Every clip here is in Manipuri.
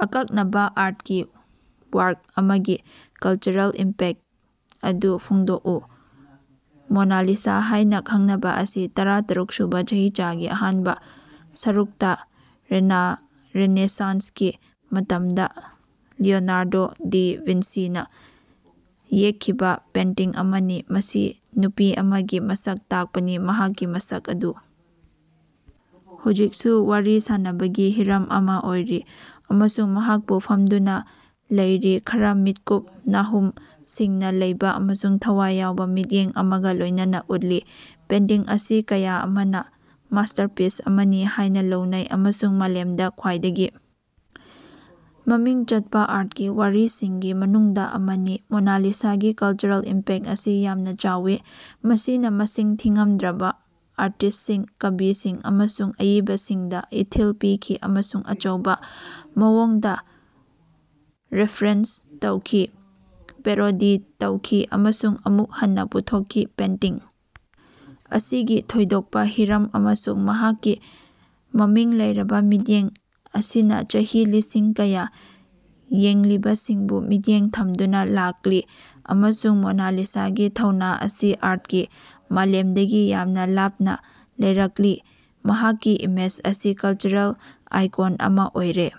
ꯑꯀꯛꯅꯕ ꯑꯥꯔꯠꯀꯤ ꯋꯥꯔꯛ ꯑꯃꯒꯤ ꯀꯂꯆꯔꯦꯜ ꯏꯝꯄꯦꯛꯇ ꯑꯗꯨ ꯐꯣꯡꯗꯣꯛꯎ꯫ ꯃꯣꯅꯥ ꯂꯤꯁꯥ ꯍꯥꯏꯅ ꯈꯪꯅꯕ ꯑꯁꯤ ꯇꯔꯥꯇꯔꯨꯛꯁꯨꯕ ꯆꯍꯤꯆꯥꯒꯤ ꯑꯍꯥꯟꯕ ꯁꯔꯨꯛꯇ ꯔꯦꯅꯦꯁꯥꯟꯁꯀꯤ ꯃꯇꯝꯗ ꯂꯤꯑꯣꯅꯥꯔꯗꯣ ꯗ ꯚꯤꯟꯁꯤꯅ ꯌꯦꯛꯈꯤꯕ ꯄꯦꯟꯇꯤꯡ ꯑꯃꯅꯤ꯫ ꯃꯁꯤ ꯅꯨꯄꯤ ꯑꯃꯒꯤ ꯃꯁꯛ ꯇꯥꯛꯄꯅꯤ, ꯃꯍꯥꯛꯀꯤ ꯃꯁꯛ ꯑꯗꯨ ꯍꯧꯖꯤꯛꯁꯨ ꯋꯥꯔꯤ ꯁꯥꯅꯕꯒꯤ ꯍꯤꯔꯝ ꯑꯃ ꯑꯣꯏꯔꯤ ꯑꯃꯁꯨꯡ ꯃꯍꯥꯛꯄꯨ ꯐꯝꯗꯨꯅ ꯂꯩꯔꯤ, ꯈꯔ ꯃꯤꯠꯀꯨꯞ ꯅꯥꯍꯨꯝ ꯁꯤꯡꯅ ꯂꯩꯕ ꯑꯃꯁꯨꯡ ꯊꯋꯥꯏ ꯌꯥꯎꯕ ꯃꯤꯠꯌꯦꯡ ꯑꯃꯒ ꯂꯣꯏꯅꯅ ꯎꯠꯂꯤ꯫ ꯄꯦꯟꯇꯤꯡ ꯑꯁꯤ ꯀꯌꯥ ꯑꯃꯅ ꯃꯥꯁꯇꯔꯄꯤꯁ ꯑꯃꯅꯤ ꯍꯥꯏꯅ ꯂꯧꯅꯩ ꯑꯃꯁꯨꯡ ꯃꯥꯂꯦꯝꯗ ꯈ꯭ꯋꯥꯏꯗꯒꯤ ꯃꯃꯤꯡ ꯆꯠꯄ ꯑꯥꯔꯠꯀꯤ ꯋꯥꯔꯤꯁꯤꯡꯒꯤ ꯃꯅꯨꯡꯗ ꯑꯃꯅꯤ꯫ ꯃꯣꯅꯥꯂꯤꯁꯥꯒꯤ ꯀꯜꯆꯔꯦꯜ ꯏꯝꯄꯦꯛꯇ ꯑꯁꯤ ꯌꯥꯝꯅ ꯆꯥꯎꯏ꯫ ꯃꯁꯤꯅ ꯃꯁꯤꯡ ꯊꯤꯉꯝꯗ꯭ꯔꯕ ꯑꯥꯔꯇꯤꯁ꯭ꯠꯁꯤꯡ, ꯀꯕꯤꯁꯤꯡ ꯑꯃꯁꯨꯡ ꯑꯏꯕꯁꯤꯡꯗ ꯏꯊꯤꯜ ꯄꯤꯈꯤ ꯑꯃꯁꯨꯡ ꯑꯆꯧꯕ ꯃꯑꯣꯡꯗ ꯔꯦꯐꯔꯦꯟꯁ ꯇꯧꯈꯤ, ꯄꯦꯔꯣꯗꯤ ꯇꯧꯈꯤ ꯑꯃꯁꯨꯡ ꯑꯃꯨꯛ ꯍꯟꯅ ꯄꯨꯊꯣꯛꯈꯤ꯫ ꯄꯦꯟꯇꯤꯡ ꯑꯁꯤꯒꯤ ꯊꯣꯏꯗꯣꯛꯄ ꯍꯤꯔꯝ ꯑꯃꯁꯨꯡ ꯃꯍꯥꯛꯀꯤ ꯃꯃꯤꯡ ꯂꯩꯔꯕ ꯃꯤꯠꯌꯦꯡ ꯑꯁꯤꯅ ꯆꯍꯤ ꯂꯤꯁꯤꯡ ꯀꯌꯥ ꯌꯦꯡꯂꯤꯕꯁꯤꯡꯕꯨ ꯃꯤꯠꯌꯦꯡ ꯊꯝꯗꯨꯅ ꯂꯥꯛꯂꯤ ꯑꯃꯁꯨꯡ ꯃꯣꯅꯥ ꯂꯤꯁꯥꯒꯤ ꯊꯧꯅꯥ ꯑꯁꯤ ꯑꯥꯔꯠꯀꯤ ꯃꯥꯂꯦꯝꯗꯒꯤ ꯌꯥꯝꯅ ꯂꯥꯞꯅ ꯂꯩꯔꯛꯂꯤ꯫ ꯃꯍꯥꯛꯀꯤ ꯏꯃꯦꯖ ꯑꯁꯤ ꯀꯜꯆꯔꯦꯜ ꯑꯥꯏꯀꯣꯟ ꯑꯃ ꯑꯣꯏꯔꯦ,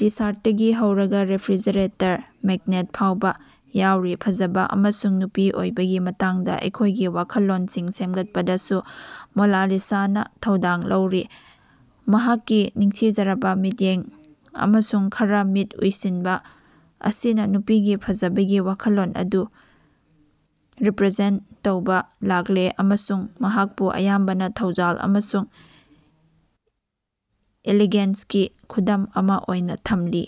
ꯇꯤ-ꯁꯥꯔꯇꯇꯒꯤ ꯍꯧꯔꯒ ꯔꯦꯐ꯭ꯔꯤꯖꯔꯦꯇꯔ ꯃꯦꯒ꯭ꯅꯦꯠ ꯐꯥꯎꯕ ꯌꯥꯎꯔꯤ꯫ ꯐꯖꯕ ꯑꯃꯁꯨꯡ ꯅꯨꯄꯤ ꯑꯣꯏꯕꯒꯤ ꯃꯇꯥꯡꯗ ꯑꯩꯈꯣꯏꯒꯤ ꯋꯥꯈꯜꯂꯣꯟꯁꯤꯡ ꯁꯦꯝꯒꯠꯄꯗꯁꯨ ꯃꯣꯅꯥꯂꯤꯁꯥꯅ ꯊꯧꯗꯥꯡ ꯂꯧꯔꯤ꯫ ꯃꯍꯥꯛꯀꯤ ꯅꯤꯡꯊꯤꯖꯔꯕ ꯃꯤꯠꯌꯦꯡ ꯑꯃꯁꯨꯡ ꯈꯔ ꯃꯤꯠ ꯎꯏꯁꯤꯟꯕ ꯑꯁꯤꯅ ꯅꯨꯄꯤꯒꯤ ꯐꯖꯕꯒꯤ ꯋꯥꯈꯜꯂꯣꯟ ꯑꯗꯨ ꯔꯤꯄ꯭ꯔꯖꯦꯟꯇ ꯇꯧꯕ ꯂꯥꯛꯂꯦ ꯑꯃꯁꯨꯡ ꯃꯍꯥꯛꯄꯨ ꯑꯌꯥꯝꯕꯅ ꯊꯧꯖꯥꯜ ꯑꯃꯁꯨꯡ ꯏꯂꯤꯒꯦꯟꯁꯀꯤ ꯈꯨꯗꯝ ꯑꯃ ꯑꯣꯏꯅ ꯊꯝꯂꯤ꯫